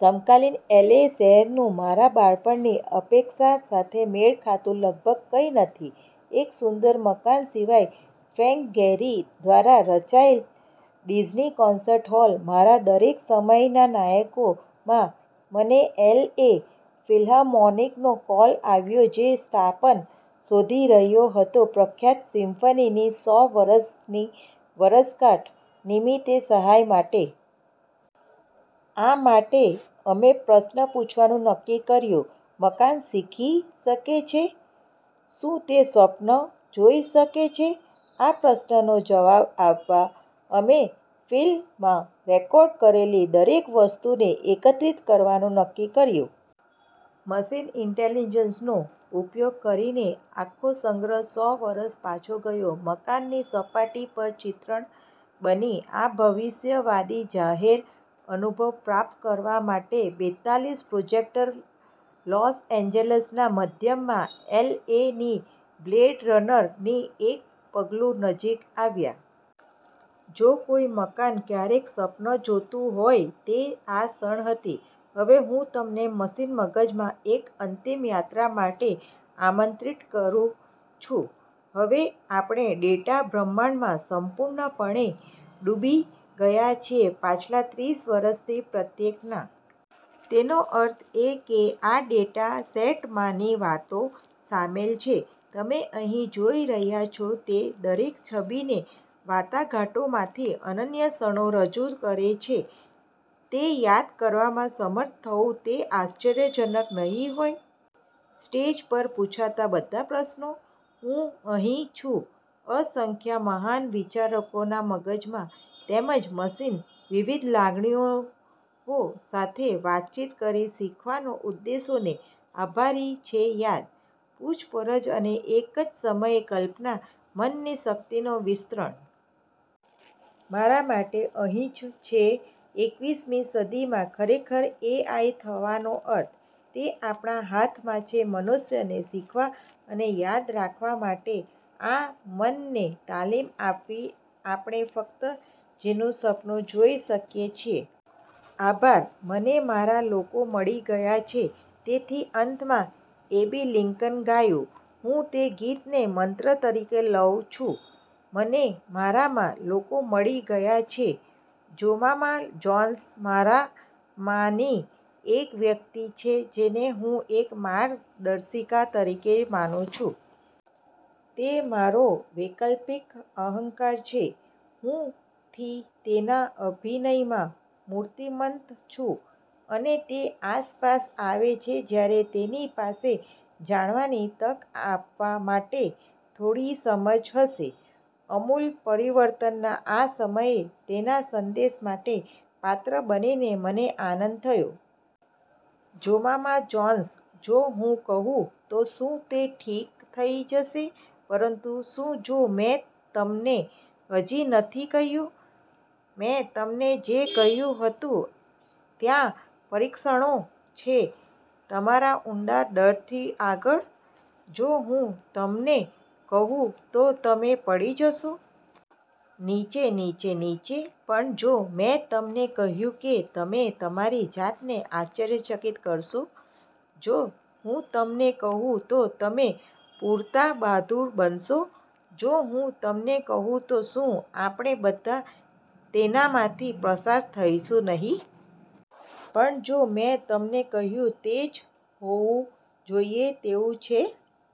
સમકાલીન એલએ શહેરનું મારા બાળપણની અપેક્ષા સાથે મેળ ખાતું લગભગ કંઇ નથી, એક સુંદર મકાન સિવાય: ફ્રેન્ક ગેહરી દ્વારા રચાયેલ ડિઝની કોન્સર્ટ હોલ, મારા દરેક સમયના નાયકો. માં, મને એલ. એ. ફિલ્હાર્મોનિકનો કોલ આવ્યો જે સ્થાપન શોધી રહ્યો હતો પ્રખ્યાત સિમ્ફનીની સો વર્ષની વર્ષગાંઠ નિમિત્તે સહાય માટે. આ માટે, અમે પ્રશ્ન પૂછવાનું નક્કી કર્યું, "મકાન શીખી શકે છે? શું તે સ્વપ્ન જોઈ શકે છે? " આ પ્રશ્નનો જવાબ આપવા, અમે ફિલ માં રેકોર્ડ કરેલી દરેક વસ્તુને એકત્રિત કરવાનું નક્કી કર્યું. મશીન ઇન્ટેલિજન્સનો ઉપયોગ કરીને, આખો સંગ્રહ, સો વર્ષ પાછો ગયો, મકાન ની સપાટી પર ચિત્રણ બની, આ ભવિષ્યવાદી જાહેર અનુભવ પ્રાપ્ત કરવા માટે બેતાલીસ પ્રોજેક્ટર લોસ એન્જલસના મધ્યમાં, એલ. એ. ની "બ્લેડ રનર" ની એક પગલુ નજીક આવ્યા. જો કોઈ મકાન ક્યારેય સ્વપ્ન જોતું હોય, તે આ ક્ષણ હતી. હવે, હું તમને મશીન મગજમાં એક અંતિમ યાત્રા માટે આમંત્રિત કરું છું. હવે, આપણે ડેટા બ્રહ્માંડમાં સંપૂર્ણપણે ડૂબી ગયા છીએ પાછલા ત્રીસ વર્ષથી પ્રત્યેક ના. તેનો અર્થ એ કે આ ડેટા સેટમાં ની વાતો શામેલ છે. તમે અહીં જોઈ રહ્યાં છો તે દરેક છબી તે વાટાઘાટોમાંથી અનન્ય ક્ષણો રજૂ કરે છે. તે યાદ કરવામાં સમર્થ થવું તે આશ્ચર્યજનક નહીં હોય? સ્ટેજ પર પૂછાતા બધા પ્રશ્નો? હું અહીં છું, અસંખ્ય મહાન વિચારકોના મગજમાં, તેમજ મશીન, વિવિધ લાગણીઓ સાથે વાતચીત કરી શીખવાના ઉદ્દેશોને આભારી છે યાદ, પૂછપરછ અને એક જ સમયે કલ્પના, મનની શક્તિનો વિસ્તરણ. મારા માટે, અહીં જ છે એકવીસ મી સદીમાં ખરેખર એઆઈ થવાનો અર્થ. તે આપણા હાથમાં છે, મનુષ્યને, શીખવા અને યાદ રાખવા માટે આ મનને તાલીમ આપવી આપણે ફક્ત જેનું સપનું જોઈ શકીએ છીએ. આભાર. "મને મારામાં લોકો મળી ગયા છે. " તેથી અંતમાં એબી લિંકન ગાયું. હું તે ગીતને મંત્ર તરીકે લઉં છું. "મને મારામાં લોકો મળી ગયા છે. " જોમામા જોન્સ મારામાંની એક વ્યક્તિ છે જેને હું એક માર્ગદર્શિકા તરીકે માનુ છું. તે મારો વૈકલ્પિક અહંકાર છે. હું થી તેના અભિનયમાં મૂર્તિમંત છું, અને તે આસપાસ આવે છે જ્યારે તેણી પાસે જાણવાની તક આપવા માટે થોડી સમજ હશે. આમૂલ પરિવર્તનના આ સમયે, તેના સંદેશ માટે પાત્ર બનીને મને આનંદ થયો. જોમામા જોન્સ: જો હું કહું તો શું તે ઠીક થઈ જશે... પરંતુ શું જો મેં તમને હજી નથી કહ્યું? મેં તમને જે કહ્યું હતું ત્યાં પરીક્ષણો છે તમારા ઉંડા ડરથી આગળ? જો હું તમને કહું તો તમે પડી જશો... નીચે, નીચે, નીચે? પણ જો મેં તમને કહ્યું કે તમે તમારી જાતને આશ્ચર્યચકિત કરશો? જો હું તમને કહું તો તમે પૂરતા બહાદુર બનશો? જો હું તમને કહું તો શું આપણે બધા તેનામાંથી પસાર થઈશું નહીં? પણ જો મેં તમને કહ્યું તે જ હોવું જોઈએ તેવું છે?